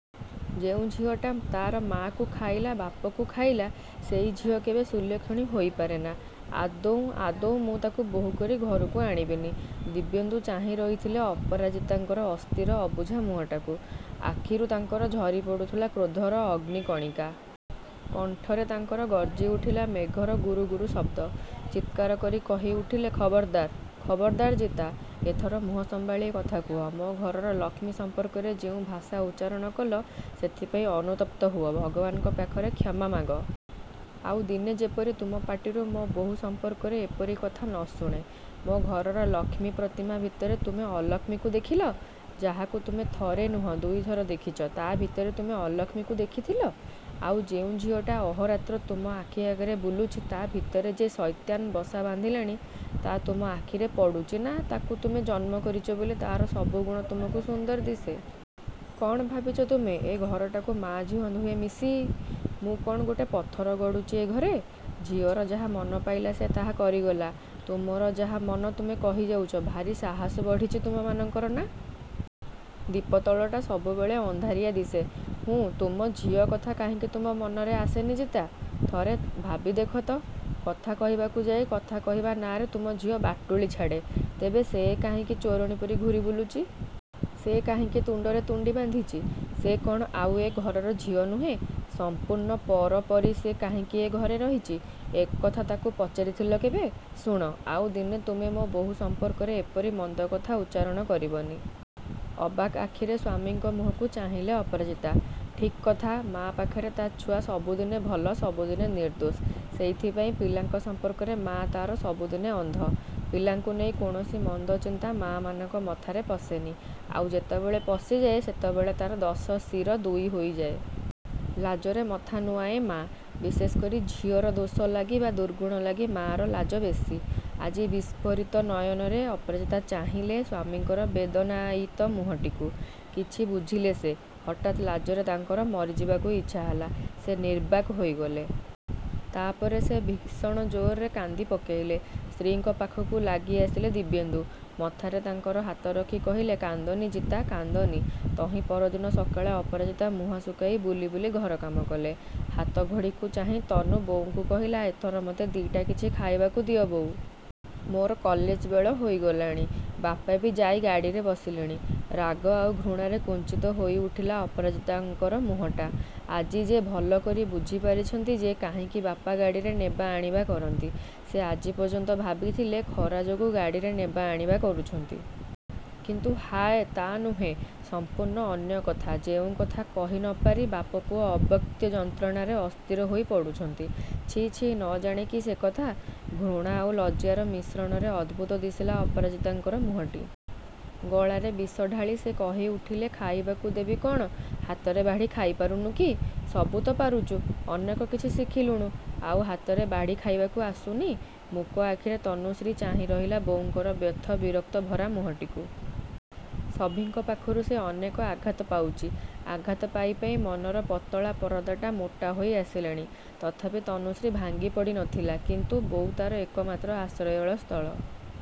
ଯେଉଁ ଝିଅଟା ତା'ର ମାଆକୁ ଖାଇଲା ବାପକୁ ଖାଇଲା, ସେଇ ଝିଅ କେବେ ସୁଲକ୍ଷଣୀ ହୋଇ ପାରେନା। ଆଦୌ, ଆଦୌ ମୁଁ ତାକୁ ବୋହୂ କରି ଘରକୁ ଆଣିବିନି। ଦିବ୍ୟେନ୍ଦୁ ଚାହିଁ ରହିଥିଲେ ଅପରାଜିତାଙ୍କର ଅସ୍ଥିର, ଅବୁଝା ମୁହଁଟାକୁ। ଆଖିରୁ ତାଙ୍କର ଝରି ପଡ଼ୁଥିଲା କ୍ରୋଧର ଅଗ୍ନି କଣିକା। କଣ୍ଠରେ ତାଙ୍କର ଗର୍ଜି ଉଠିଲା ମେଘର ଗୁରୁ ଗୁରୁ ଶବ୍ଦ। ଚିତ୍କାର କରି କହି ଉଠିଲେ ଖବର୍ଦାର୍, ଖବର୍ଦାର୍ ଜିତା, ଏଥର ମୁହଁ ସମ୍ଭାଳି କଥା କୁହ, ମୋ ଘରର ଲକ୍ଷ୍ମୀ ସମ୍ପର୍କରେ ଯେଉଁ ଭାଷା ଉଚ୍ଚାରଣ କଲ ସେଥିପାଇଁ ଅନୁତପ୍ତ ହୁଅ। ଭଗବାନଙ୍କ ପାଖରେ କ୍ଷମା ମାଗ। ଆଉ ଦିନେ ଯେପରି ତୁମ ପାଟିରୁ ମୋ ବୋହୂ ସମ୍ପର୍କରେ ଏପରି କଥା ନ ଶୁଣେ। ମୋ ଘରର ଲକ୍ଷ୍ମୀ ପ୍ରତିମା ଭିତରେ ତୁମେ ଅଲକ୍ଷ୍ମୀକୁ ଦେଖିଲ! ଯାହାକୁ ତୁମେ ଥରେ ନୁହେଁ ଦୁଇଥର ଦେଖିଛ, ତା' ଭିତରେ ତୁମେ ଅଲକ୍ଷ୍ମୀକୁ ଦେଖିଥିଲ? ଆଉ ଯେଉଁ ଝିଅଟା ଅହୋରାତ୍ର ତୁମ ଆଖି ଆଗରେ ବୁଲୁଛି ତା' ଭିତରେ ଯେ ସୈତାନ ବସା ବନ୍ଧିଲାଣି ତା' ତୁମ ଆଖିରେ ପଡ଼ୁଛି ନା ତାକୁ ତୁମେ ଜନ୍ମ କରିଛ ବୋଲି ତା'ର ସବୁ ଗୁଣ ତୁମକୁ ସୁନ୍ଦର ଦିଶେ। କ'ଣ ଭାବିଛ ତୁମେ ଏ ଘରଟାକୁ ମା' ଝିଅ ଦୁହେଁ ମିଶି? ମୁଁ କ'ଣ ଗୋଟେ ପଥର ଗଡ଼ୁଛି ଏ ଘରେ? ଝିଅର ଯାହା ମନ ପାଇଲା ସେ ତାହା କରିଗଲା। ତୁମର ଯାହା ମନ ତୁମେ କହି ଯାଉଛ। ଭାରି ସାହସ ବଢ଼ିଛି ତୁମମାନଙ୍କର ନା? ଦୀପ ତଳଟା ସବୁବେଳେ ଅନ୍ଧାରିଆ ଦିଶେ। ହୁଁ ତୁମ ଝିଅ କଥା କାହିଁକି ତୁମ ମନରେ ଆସେନି ଜିତା? ଥରେ ଭାବି ଦେଖ ତ, କଥା କହିବାକୁ ଯାଇ କଥା କହିବା ନାଁରେ ତୁମ ଝିଅ ବାଟୁଳି ଛାଡ଼େ। ତେବେ ସେ କାହିଁକି ଚୋରିଣୀ ପରି ଘୂରି ବୁଲୁଛି। ସେ କାହିଁକି ତୁଣ୍ଡରେ ତୁଣ୍ଡି ବାନ୍ଧିଛି। ସେ କ'ଣ ଆଉ ଏ ଘରର ଝିଅ ନୁହେଁ। ସମ୍ପୂର୍ଣ୍ଣ ପର ପରି ସେ କାହିଁକି ଏ ଘରେ ରହିଛି। ଏ କଥା ତାକୁ ପଚାରିଥିଲ କେବେ? ଶୁଣ, ଆଉ ଦିନେ ତୁମେ ମୋ ବୋହୂ ସମ୍ପର୍କରେ ଏପରି ମନ୍ଦ କଥା ଉଚ୍ଚାରଣ କରିବନି। ଅବାକ୍ ଆଖିରେ ସ୍ୱାମୀଙ୍କ ମୁହଁକୁ ଚାହିଁଲେ ଅପରାଜିତା। ଠିକ୍ କଥା ମାଆ ପାଖରେ ତା' ଛୁଆ ସବୁଦିନେ ଭଲ, ସବୁଦିନେ ନିର୍ଦ୍ଦୋଷ। ସେଇଥିପାଇଁ ପିଲାଙ୍କ ସମ୍ପର୍କରେ ମାଆ ତା'ର ସବୁଦିନେ ଅନ୍ଧ। ପିଲାଙ୍କୁ ନେଇ କୌଣସି ମନ୍ଦ ଚିନ୍ତା ମାଆମାନଙ୍କ ମଥାରେ ପଶେନି। ଆଉ ଯେତେବେଳେ ପଶିଯାଏ ସେତେବେଳେ ତା'ର ଦଶ ଶିର ଦୁଇହୋଇ ଯାଏ। ଲାଜରେ ମଥା ନୁଆଁଏ ମାଆ। ବିଶେଷ କରି ଝିଅର ଦୋଷ ଲାଗି ବା ଦୁର୍ଗୁଣ ଲାଗି ମାଆର ଲାଜ ବେଶୀ। ଆଜି ବିସ୍ଫାରିତ ନୟନରେ ଅପରାଜିତା ଚାହିଁଲେ ସ୍ୱାମୀଙ୍କର ବେଦନାୟୀତ ମୁହଁଟିକୁ। କିଛି ବୁଝିଲେ ସେ। ହଠାତ୍ ଲାଜରେ ତାଙ୍କର ମରିଯିବାକୁ ଇଚ୍ଛା ହେଲା। ସେ ନିର୍ବାକ ହୋଇଗଲେ। ତା' ପରେ ସେ ଭୀଷଣ ଜୋର୍‌ରେ କାନ୍ଦି ପକାଇଲେ। ସ୍ତ୍ରୀଙ୍କ ପାଖକୁ ଲାଗି ଆସିଲେ ଦିବ୍ୟେନ୍ଦୁ। ମଥାରେ ତାଙ୍କର ହାତ ରଖି କହିଲେ କାନ୍ଦନି ଜିତା, କାନ୍ଦନି। ତହିଁ ପରଦିନ ସକାଳେ ଅପରାଜିତା ମୁହଁ ଶୁଖାଇ ବୁଲି ବୁଲି ଘର କାମ କଲେ। ହାତ ଘଡ଼ିକୁ ଚାହିଁ ତନୁ ବୋଉଙ୍କୁ କହିଲା ଏଥର ମତେ ଦି'ଟା କିଛି ଖାଇବାକୁ ଦିଅ ବୋଉ। ମୋର କଲେଜ ବେଳ ହୋଇଗଲାଣି। ବାପା ବି ଯାଇ ଗାଡ଼ିରେ ବସିଲେଣି। ରାଗ ଆଉ ଘୃଣାରେ କୁଞ୍ଚିତ ହୋଇ ଉଠିଲା ଅପରାଜିତାଙ୍କର ମୁହଁଟା। ଆଜି ଯେ ଭଲ କରି ବୁଝି ପାରିଛନ୍ତି ଯେ କାହିଁକି ବାପା ଗାଡ଼ିରେ ନେବା ଆଣିବା କରନ୍ତି। ସେ ଆଜି ପର୍ଯ୍ୟନ୍ତ ଭାବିଥିଲେ ଖରା ଯୋଗୁଁ ଗାଡ଼ିରେ ନେବା ଆଣିବା କରୁଛନ୍ତି। କିନ୍ତୁ ହାୟ ତା' ନୁହେଁ, ସମ୍ପୂର୍ଣ୍ଣ ଅନ୍ୟ କଥା ଯେଉଁ କଥା କହି ନ ପାରି ବାପ ପୁଅ ଅବ୍ୟକ୍ତ ଯନ୍ତ୍ରଣାରେ ଅସ୍ଥିର ହୋଇ ପଡ଼ୁଛନ୍ତି। ଛି ଛି ନ ଜାଣେ କି ସେକଥା। ଘୃଣା ଆଉ ଲଜ୍ଜାର ମିଶ୍ରଣରେ ଅଦ୍ଭୁତ ଦିଶିଲା ଅପରାଜିତାଙ୍କର ମୁହଁଟି। ଗଳାରେ ବିଷ ଢାଳି ସେ କହି ଉଠିଲେ ଖାଇବାକୁ ଦେବି କ'ଣ, ହାତରେ ବାଢ଼ି ଖାଇ ପାରୁନୁ କି? ସବୁ ତ ପାରୁଛୁ, ଅନେକ କିଛି ଶିଖିଲୁଣି। ଆଉ ହାତରେ ବାଢ଼ି ଖାଇବାକୁ ଆସୁନି? ମୂକ ଆଖିରେ ତନୁଶ୍ରୀ ଚାହିଁ ରହିଲା ବୋଉଙ୍କର ବ୍ୟଥା ବିରକ୍ତ ଭରା ମୁହଁଟିକୁ। ସଭିଙ୍କ ପାଖରୁ ସେ ଅନେକ ଆଘାତ ପାଉଛି। ଆଘାତ ପାଇ ପାଇ ମନର ପତଳା ପରଦାଟା ମୋଟା ହୋଇ ଆସିଲାଣି। ତଥାପି ତନୁଶ୍ରୀ ଭାଙ୍ଗି ପଡ଼ି ନଥିଲା। କିନ୍ତୁ ବୋଉ ତା'ର ଏକମାତ୍ର ଆଶ୍ରୟର ସ୍ଥଳ।